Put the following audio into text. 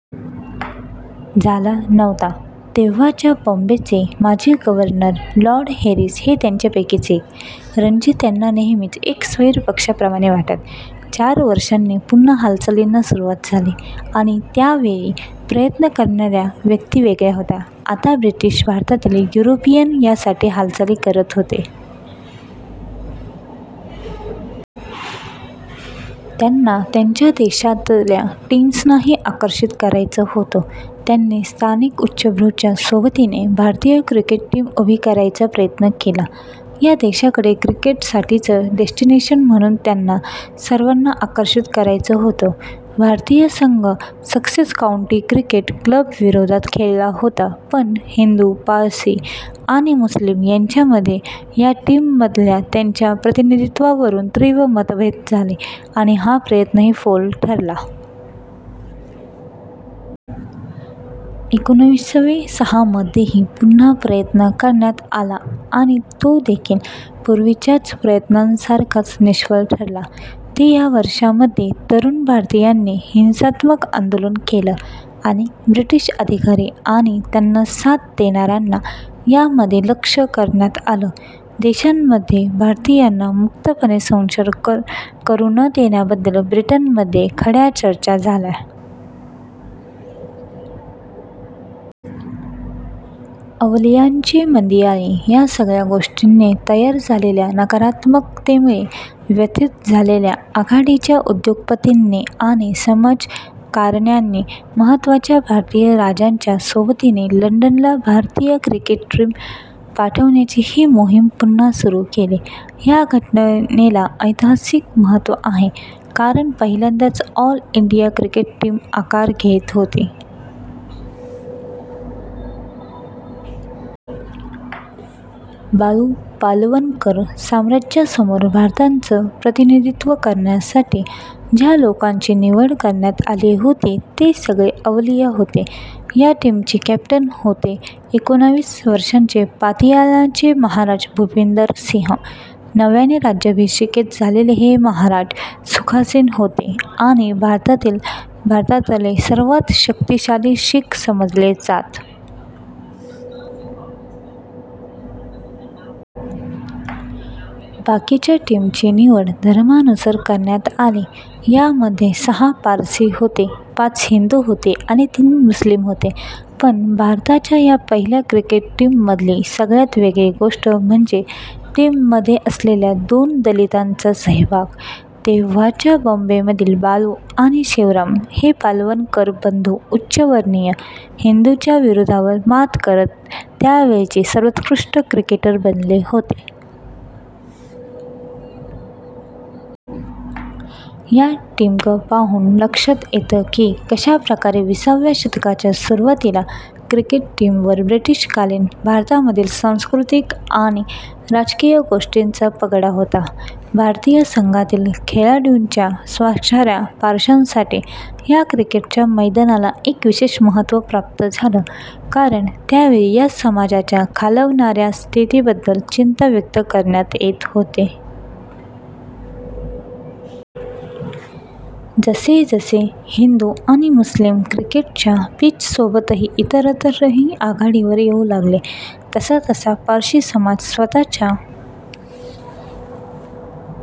झाला नव्हता. तेव्हाच्या बॉम्बेचे माजी गव्हर्नर लॉर्ड हॅरिस हे त्यापैकीच एक. रणजी त्यांना नेहमीच एका स्वैर पक्ष्याप्रमाणे वाटत. चार वर्षांनी पुन्हा हालचालींना सुरुवात झाली. यावेळी प्रयत्न करणाऱ्या व्यक्ती वेगळ्या होत्या. आता ब्रिटिश भारतातील युरोपियन यासाठी हालचाली करत होते. त्यांना त्यांच्या देशांतल्या टीम्सनाही आकर्षित करायचं होतं. त्यांनी स्थानिक उच्चभ्रूच्या सोबतीने भारतीय क्रिकेट टीम उभी करायचा प्रयत्न केला. या देशाकडे क्रिकेटसाठीचं डेस्टिनेशन म्हणून त्यांना सर्वांना आकर्षित करायचं होतं. भारतीय संघ ससेक्स काऊंटी क्रिकेट क्लबविरोधात खेळला होता पण हिंदू, पारशी आणि मुस्लीम यांच्यामध्ये या टीममधल्या त्यांच्या प्रतिनिधित्वावरून तीव्र मतभेद झाले आणि हा प्रयत्नही फोल ठरला. एकोणीसशे सहामध्येही पुन्हा प्रयत्न करण्यात आला आणि तो देखील पूर्वीच्याच प्रयत्नांसारखाच निष्फळ ठरला. ते या वर्षांमध्ये तरूण भारतीयांनी हिंसात्मक आंदोलनं केलं आणि ब्रिटिश अधिकारी आणि त्यांना साथ देणाऱ्यांना यामध्ये लक्ष करण्यात आलं. देशामध्ये भारतीयांना मुक्तपणे संचार करू न देण्याबद्दल ब्रिटनमध्ये खड्या चर्चा झाल्या. अवलियांची मांदियाळी या सगळ्या गोष्टींनी तयार झालेल्या नकारात्मकतेमुळे व्यथित झालेल्या आघाडीच्या उद्योगपतींनी आणि समाजकारण्यांनी, महत्त्वाच्या भारतीय राजांच्या सोबतीने लंडनला भारतीय क्रिकेट टीम पाठवण्याची ही मोहीम पुन्हा सुरू केली. या घटनेला ऐतिहासिक महत्त्व आहे कारण पहिल्यांदाच ऑल इंडिया क्रिकेट टीम आकार घेत होती. बाळू पालवणकर साम्राज्यासमोर भारताचं प्रतिनिधित्व करण्यासाठी ज्या लोकांची निवड करण्यात आली होती, ते सगळं अवलिया होते. या टीमचे कॅप्टन होते एकोणीस वर्षांचे पतियाळाचे महाराज भूपिंदर सिंह. नव्याने राज्याभिषेक झालेले हे महाराज सुखासीन होते आणि भारतातले सर्वांत शक्तीशाली शीख समजले जात. बाकीच्या टीमची निवड धर्मानुसार करण्यात आली. यामध्ये सहा पारशी होते, पाच हिंदू होते आणि तीन मुस्लीम होते. पण भारताच्या या पहिल्या क्रिकेट टीममधली सगळ्यांत वेगळी गोष्ट म्हणजे टीममध्ये असलेला दोन दलितांचा सहभाग. तेव्हाच्या बॉम्बेमधील बाळू आणि शिवराम हे पालवणकर बंधू उच्चवर्णीय हिंदूंच्या विरोधावर मात करत त्यावेळचे सर्वोत्कृष्ट क्रिकेटर बनले होते. या टीमकडे पाहून लक्षात येतं की कशाप्रकारे वीसाव्या शतकाच्या सुरुवातीला क्रिकेट टीमवर ब्रिटिशकालीन भारतामधील सांस्कृतिक आणि राजकीय गोष्टींचा पगडा होता. भारतीय संघातील खेळाडूंच्या स्वाक्षऱ्या पारशांसाठी या क्रिकेटच्या मैदानाला एक विशेष महत्त्व प्राप्त झालं कारण त्यावेळी या समाजाच्या खालवणाऱ्या स्थितीबद्दल चिंता व्यक्त करण्यात येत होती. जसजसे हिंदू आणि मुस्लीम क्रिकेटच्या पिचसोबतच इतरत्रही आघाडीवर येऊ लागले, तसतसा पारशी समाज स्वतःच्या